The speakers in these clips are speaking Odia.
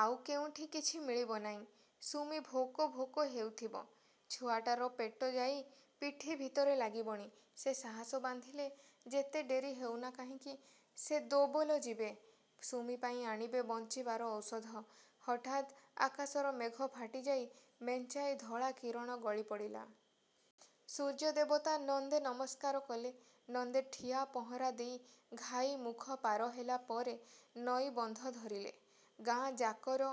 ଆଉ କେଉଁଠି କିଛି ମିଳିବ ନାଇଁ। ସୁମି ଭୋକ ଭୋକ ହେଉଥିବ। ଛୁଆଟାର ପେଟ ଯାଇ ପିଠି ଭିତରେ ଲାଗିବଣି। ସେ ସାହସ ବାନ୍ଧିଲେ। ଯେତେ ଡେରି ହେଉନା କାହିଁକି ସେ ଦୋବଲ ଯିବେ। ସୁମି ପାଇଁ ଆଣିବେ ବଞ୍ଚିବାର ଔଷଧ। ହଠାତ୍ ଆକାଶର ମେଘ ଫାଟିଯାଇ ମେଞ୍ଚାଏ ଧଳା କିରଣ ଗଳି ପଡ଼ିଲା। ସୂର୍ଯ୍ୟ ଦେବତା–ନନ୍ଦେ ନମସ୍କାର କଲେ। ନନ୍ଦେ ଠିଆ ପହଁରା ଦେଇ ଘାଇ ମୁଖ ପାର ହେଲା ପରେ ନଈବନ୍ଧ ଧରିଲେ। ଗାଁ-ଯାକର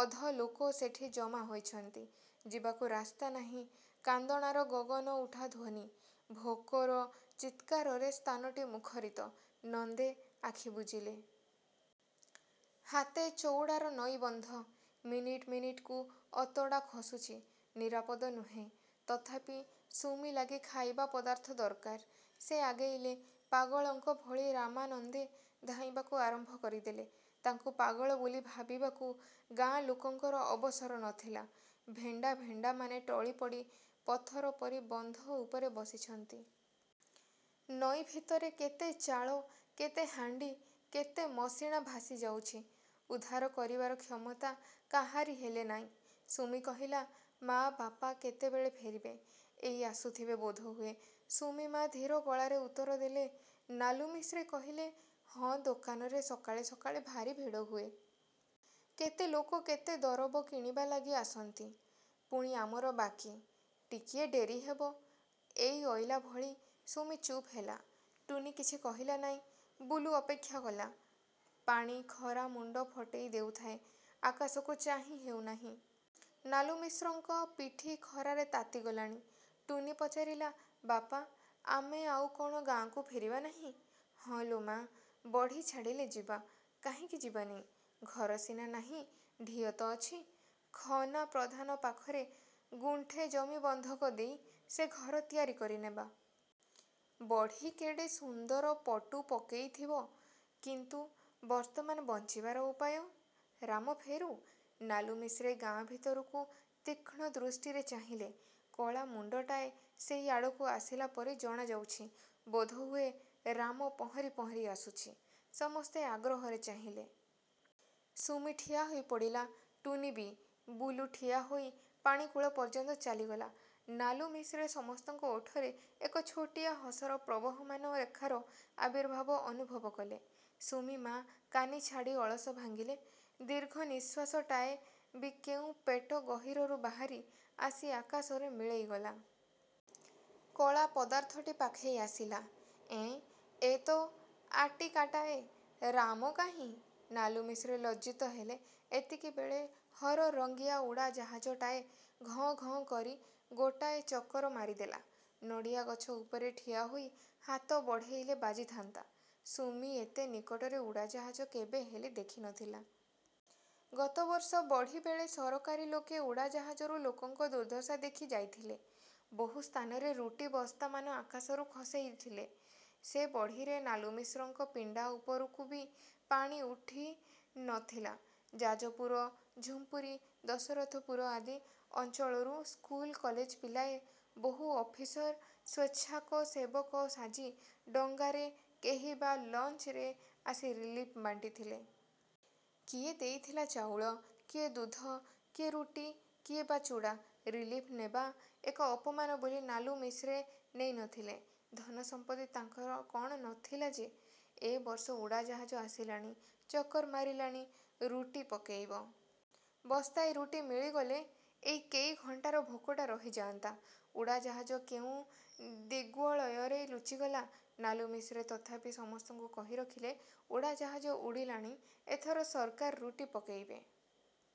ଅଧ ଲୋକ ସେଠି ଜମା ହୋଇଛନ୍ତି। ଯିବାକୁ ରାସ୍ତା ନାହିଁ। କାନ୍ଦଣାର ଗଗନ ଉଠା ଧ୍ୱନି, ଭୋକର ଚିତ୍କାରରେ ସ୍ଥାନଟି ମୁଖରିତ। ନନ୍ଦେ ଆଖି ବୁଜିଲେ। ହାତେ ଚଉଡ଼ାର ନଈବନ୍ଧ। ମିନିଟ ମିନିଟକୁ ଅତଡ଼ା ଖସୁଚି। ନିରାପଦ ନୁହେଁ! ତଥାପି ସୁମି ଲାଗି ଖାଇବା ପଦାର୍ଥ ଦର୍କାର। ସେ ଆଗେଇଲେ। ପାଗଳଙ୍କ ଭଳି ରାମାନନ୍ଦେ ଧାଇଁବାକୁ ଆରମ୍ଭ କରିଦେଲେ। ତାଙ୍କୁ ପାଗଳ ବୋଲି ଭାବିବାକୁ ଗାଁ ଲୋକଙ୍କର ଅବସର ନ ଥିଲା। ଭେଣ୍ଡା ଭେଣ୍ଡାମାନେ ଟଳି ପଡ଼ି ପଥର ପରି ବନ୍ଧ ଉପରେ ବସିଛନ୍ତି। ନଈ ଭିତରେ କେତେ ଚାଳ, କେତେ ହାଣ୍ଡି, କେତେ ମସିଣା ଭାସି ଯାଉଚି। ଉଦ୍ଧାର କରିବାର କ୍ଷମତା କାହାରି ହେଲେ ନାଇଁ। ସୁମି କହିଲା–ମା, ବାପା କେତେବେଳେ ଫେରିବେ। –ଏଇ ଆସୁଥିବେ ବୋଧହୁଏ। ସୁମି-ମା ଧୀର ଗଳାରେ ଉତ୍ତର ଦେଲେ। ନାଲୁମିଶ୍ରେ କହିଲେ–ହଁ ଦୋକାନରେ ସକାଳେ ସକାଳେ ଭାରି ଭିଡ଼ ହୁଏ। କେତେ ଲୋକ କେତେ ଦରବ କିଣିବା ଲାଗି ଆସନ୍ତି। ପୁଣି ଆମର ବାକୀ। ଟିକିଏ ଡେରି ହେବ। ଏଇ ଅଇଲା ଭଳି। ସୁମି ଚୁପ୍ ହେଲା। ଟୁନୀ କିଛି କହିଲା ନାଇଁ। ବୁଲୁ ଅପେକ୍ଷା କଲା। ପାଣି ଖରା ମୁଣ୍ଡ ଫଟେଇ ଦେଉଥାଏ। ଆକାଶକୁ ଚାହିଁ ହେଉ ନାହିଁ। ନାଲୁମିଶ୍ରଙ୍କ ପିଠି ଖରାରେ ତାତି ଗଲାଣି। ଟୁନୀ ପଚାରିଲା–ବାପା, ଆମେ ଆଉ କଣ ଗାଁକୁ ଫେରିବା ନାହିଁ। ହଁ ଲୋ ମା, ବଢ଼ି ଛାଡ଼ିଲେ ଯିବା। କାହିଁକି ଯିବାନି। ଘର ସିନା ନାହିଁ। ଢିଅ ତ ଅଛି। ଖନା ପ୍ରଧାନ ପାଖରେ ଗୁଣ୍ଠେ ଜମି ବନ୍ଧକ ଦେଇ ସେ ଘର ତିଆରି କରି ନେବା। ବଢ଼ି କେଡ଼େ ସୁନ୍ଦର ପଟୁ ପକେଇଥିବ। କିନ୍ତୁ ବର୍ତ୍ତମାନ ବଞ୍ଚିବାର ଉପାୟ? ରାମ ଫେରୁ। ନାଲୁମିଶ୍ରେ ଗାଁ ଭିତରକୁ ତୀକ୍ଷ୍ଣ ଦୃଷ୍ଟିରେ ଚାହିଁଲେ। କଳା ମୁଣ୍ଡଟାଏ ସେଇ ଆଡ଼କୁ ଆସିଲା ପରି ଜଣା ଯାଉଚି। ବୋଧହୁଏ ରାମ ପହଁରି ପହଁରି ଆସୁଚି। ସମସ୍ତେ ଆଗ୍ରହରେ ଚାହିଁଲେ। ସୁମି ଠିଆ ହୋଇପଡ଼ିଲା। ଟୁନୀ ବି। ବୁଲୁ ଠିଆ ହୋଇ ପାଣି କୂଳ ପର୍ଯ୍ୟନ୍ତ ଚାଲିଗଲା। ନାଲୁମିଶ୍ରେ ସମସ୍ତଙ୍କ ଓଠରେ ଏକ ଛୋଟିଆ ହସର ପ୍ରବହମାନ ରେଖାର ଆବିର୍ଭାବ ଅନୁଭବ କଲେ। ସୁମି-ମା କାନି ଝାଡ଼ି ଅଳସ ଭାଙ୍ଗିଲେ। ଦୀର୍ଘ ନିଶ୍ୱାସଟାଏ ବି କେଉଁ ପେଟ ଗହୀରରୁ ବାହାରି ଆସି ଆକାଶରେ ମିଳେଇ ଗଲା-। କଳା ପଦାର୍ଥଟି ପାଖେଇ ଆସିଲା। ଏଁ–ଏ ତ ଆଟିକାଟାଏ। ରାମ କାହିଁ? ନାଲୁମିଶ୍ରେ ଲଜ୍ଜିତ ହେଲେ। ଏତିକିବେଳେ ହରରଙ୍ଗିଆ ଉଡ଼ାଜାହାଜଟାଏ ଘଁ-ଘଁ କରି ଗୋଟାଏ ଚକର ମାରିଦେଲା-। ନଡ଼ିଆଗଛ ଉପରେ ଠିଆ ହୋଇ ହାତ ବଢ଼େଇଲେ ବାଜିଥାନ୍ତା। ସୁମି ଏତେ ନିକଟରେ ଉଡ଼ାଜାହାଜ କେବେ ହେଲେ ଦେଖି ନ ଥିଲା। ଗତ ବର୍ଷ ବଢ଼ି ବେଳେ ସରକାରୀ ଲୋକେ ଉଡ଼ାଜାହାଜରୁ ଲୋକଙ୍କ ଦୁର୍ଦ୍ଦଶା ଦେଖି ଯାଇଥିଲେ। ବହୁ ସ୍ଥାନରେ ରୁଟି ବସ୍ତାମାନ ଆକାଶରୁ ଖସେଇ ଥିଲେ। ସେ ବଢ଼ିରେ ନାଲୁମିଶ୍ରଙ୍କ ପିଣ୍ଡା ଉପରକୁ ବି ପାଣି ଉଠି ନ ଥିଲା। ଯାଜପୁର, ଝୁମ୍ପୁରି, ଦଶରଥପୁର ଆଦି ଅଞ୍ଚଳରୁ ସ୍କୁଲ କଲେଜ ପିଲାଏ; ବହୁ ଅଫିସର ସ୍ୱେଚ୍ଛାକସେବକ ସାଜି ଡଙ୍ଗାରେ, କେହି ବା ଲଞ୍ଚରେ ଆସି ରିଲିଫ୍ ବାଣ୍ଟିଥିଲେ। କିଏ ଦେଇଥିଲା ଚାଉଳ, କିଏ ଦୁଧ, କିଏ ରୁଟି–କିଏ ବା ଚୁଡ଼ା। ରିଲିଫ୍ ନେବା ଏକ ଅପମାନ ବୋଲି ନାଲୁମିଶ୍ରେ ନେଇ ନ ଥିଲେ। ଧନ ସମ୍ପତ୍ତି ତାଙ୍କର କଣ ନ ଥିଲା ଯେ? ଏ ବର୍ଷ ଉଡ଼ାଜାହାଜ ଆସିଲାଣି, ଚକର୍ ମାରିଲାଣି। ରୁଟି ପକେଇବ। ବସ୍ତାଏ ରୁଟି ମିଳିଗଲେ ଏଇ କେଇ ଘଣ୍ଟାର ଭୋକଟା ରହିଯାଆନ୍ତା। ଉଡ଼ାଜାହାଜ କେଉଁ ଦିଗ୍ବଳୟରେ ଲୁଚିଗଲା। ନାଲୁମିଶ୍ରେ ତଥାପି ସମସ୍ତଙ୍କୁ କହି ରଖିଲେ–ଉଡ଼ାଜାହାଜ ଉଡ଼ିଲାଣି ଏଥର ସର୍କାର ରୁଟି ପକେଇବେ।